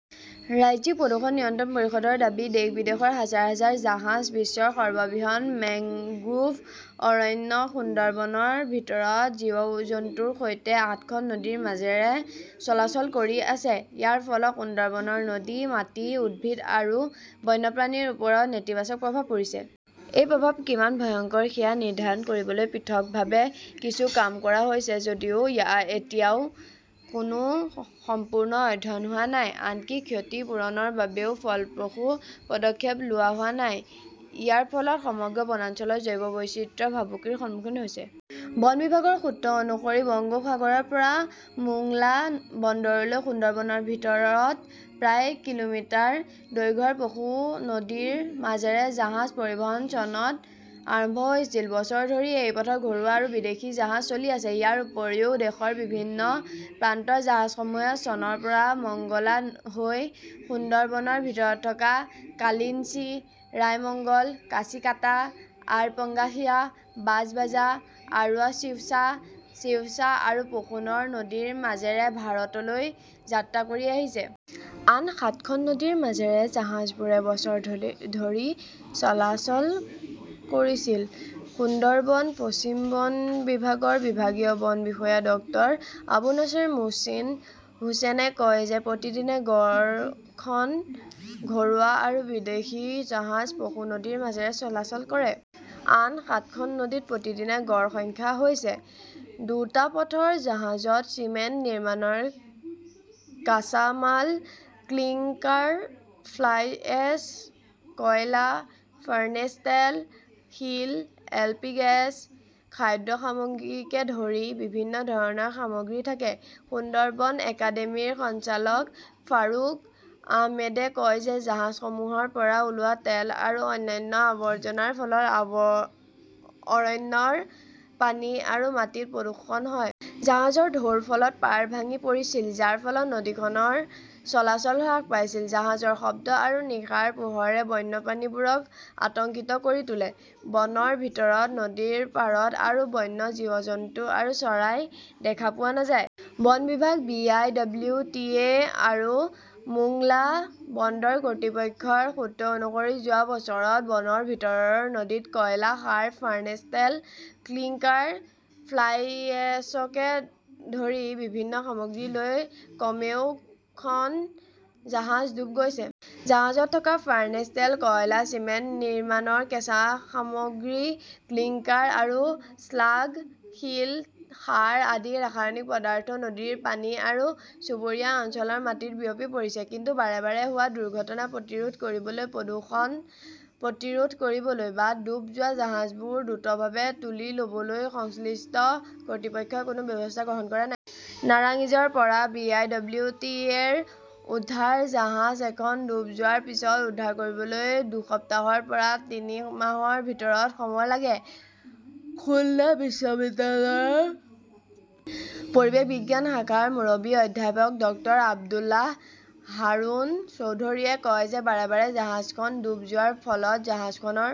ৰাজ্যিক প্ৰদূষণ নিয়ন্ত্ৰণ পৰিষদৰ দাবী দেশ-বিদেশৰ হাজাৰ হাজাৰ জাহাজ বিশ্বৰ সৰ্ববৃহৎ মেংগ্ৰোভ অৰণ্য সুন্দৰবনৰ ভিতৰত জীৱ-জন্তুৰ সৈতে আঠখন নদীৰ মাজেৰে চলাচল কৰি আছে। ইয়াৰ ফলত সুন্দৰবনৰ নদী, মাটি, উদ্ভিদ আৰু বন্যপ্ৰাণীৰ ওপৰত নেতিবাচক প্ৰভাৱ পৰিছে। এই প্ৰভাৱ কিমান ভয়ংকৰ সেয়া নিৰ্ধাৰণ কৰিবলৈ পৃথকভাৱে কিছু কাম কৰা হৈছে যদিও এতিয়াও কোনো সম্পূৰ্ণ অধ্যয়ন হোৱা নাই। আনকি ক্ষতি পূৰণৰ বাবেও ফলপ্ৰসূ পদক্ষেপ লোৱা হোৱা নাই। ইয়াৰ ফলত সমগ্ৰ বনাঞ্চলৰ জৈৱ বৈচিত্ৰ্য ভাবুকিৰ সন্মুখীন হৈছে। বন বিভাগৰ সূত্ৰ অনুসৰি, বংগোপসাগৰৰ পৰা মোংলা বন্দৰলৈ সুন্দৰবনৰ ভিতৰত প্ৰায় কিলোমিটাৰ দৈৰ্ঘ্যৰ পশু নদীৰ মাজেৰে জাহাজ পৰিবহণ চনত আৰম্ভ হৈছিল। বছৰ ধৰি এই পথত ঘৰুৱা আৰু বিদেশী জাহাজ চলি আছে। ইয়াৰ উপৰিও, দেশৰ বিভিন্ন প্ৰান্তৰ জাহাজসমূহে চনৰ পৰা মংগলা হৈ সুন্দৰবনৰ ভিতৰত থকা কালিঞ্চি, ৰায়মঙ্গল, কাছিকাটা, আৰপঙ্গাসিয়া, বাজবাজা, আৰুৱা শিৱছা, শিৱছা আৰু পশুনৰ নদীৰ মাজেৰে ভাৰতলৈ যাত্ৰা কৰি আহিছে। আন সাতখন নদীৰ মাজেৰে জাহাজবোৰে বছৰ ধৰি চলাচল কৰিছিল। সুন্দৰবন পশ্চিম বন বিভাগৰ বিভাগীয় বন বিষয়া ডক্টৰ আবু নাছাৰ মোহচিন হুচেনে কয় যে প্ৰতিদিনে গড় খন ঘৰুৱা আৰু বিদেশী জাহাজ পশু নদীৰ মাজেৰে চলাচল কৰে। আন সাতখন নদীত প্ৰতিদিনে গড় সংখ্যা হৈছে। দুটা পথৰ জাহাজত চিমেণ্ট নিৰ্মাণৰ কাঁচামাল ক্লিংকাৰ, ফ্লাইএছ, কয়লা, ফাৰ্নেচ তেল, শিল, এলপি গেছ, খাদ্য সামগ্ৰীকে ধৰি বিভিন্ন ধৰণৰ সামগ্ৰী থাকে। সুন্দৰবন একাডেমীৰ সঞ্চালক ফাৰুক আহমেদে কয় যে জাহাজসমূহৰ পৰা ওলোৱা তেল আৰু অন্যান্য আৱৰ্জনাৰ ফলত অৰণ্যৰ পানী আৰু মাটিত প্ৰদূষণ হয়। জাহাজৰ ঢৌৰ ফলত পাৰ ভাঙি পৰিছিল, যাৰ ফলত নদীখনৰ চলাচল হ্ৰাস পাইছিল। জাহাজৰ শব্দ আৰু নিশাৰ পোহৰে বন্যপ্ৰাণীবোৰক আতংকিত কৰি তোলে। বনৰ ভিতৰত নদীৰ পাৰত আৰু বন্য জীৱ-জন্তু আৰু চৰাই দেখা পোৱা নাযায়। বন বিভাগ, B. I. W. T. A. আৰু মোংলা বন্দৰ কৰ্তৃপক্ষৰ সূত্ৰ অনুসৰি যোৱা বছৰত বনৰ ভিতৰৰ নদীত কয়লা, সাৰ, ফাৰ্নেচ তেল, ক্লিংকাৰ, ফ্লাইএশ্বকে ধৰি বিভিন্ন সামগ্ৰী লৈ কমেও খন জাহাজ ডুব গৈছে। জাহাজত থকা ফাৰ্নেছ তেল, কয়লা, চিমেণ্ট নিৰ্মাণৰ কেঁচা সামগ্ৰী ক্লিংকাৰ আৰু স্লাগ, শিল, সাৰ আদি ৰাসায়নিক পদাৰ্থ নদীৰ পানী আৰু চুবুৰীয়া অঞ্চলৰ মাটিত বিয়পি পৰিছে। কিন্তু বাৰে বাৰে হোৱা দুৰ্ঘটনা প্ৰতিৰোধ কৰিবলৈ, প্ৰদূষণ প্ৰতিৰোধ কৰিবলৈ বা ডুব যোৱা জাহাজবোৰ দ্ৰুতভাৱে তুলি ল'বলৈ সংশ্লিষ্ট কৰ্তৃপক্ষই কোনো ব্যৱস্থা গ্ৰহণ কৰা নাই। নাৰাংইজৰ পৰা বি. আই. ডব্লিউ. টি. এ.ৰ উদ্ধাৰ জাহাজ এখন ডুব যোৱাৰ পিছত উদ্ধাৰ কৰিবলৈ দুসপ্তাহৰ পৰা তিনি মাহৰ ভিতৰত সময় লাগে। খুলনা বিশ্ববিদ্যালয়ৰ পৰিৱেশ বিজ্ঞান শাখাৰ মুৰব্বী অধ্যাপক ডক্টৰ আব্দুল্লাহ হাৰুন চৌধুৰীয়ে কয় যে বাৰে বাৰে জাহাজখন ডুব যোৱাৰ ফলত জাহাজখনৰ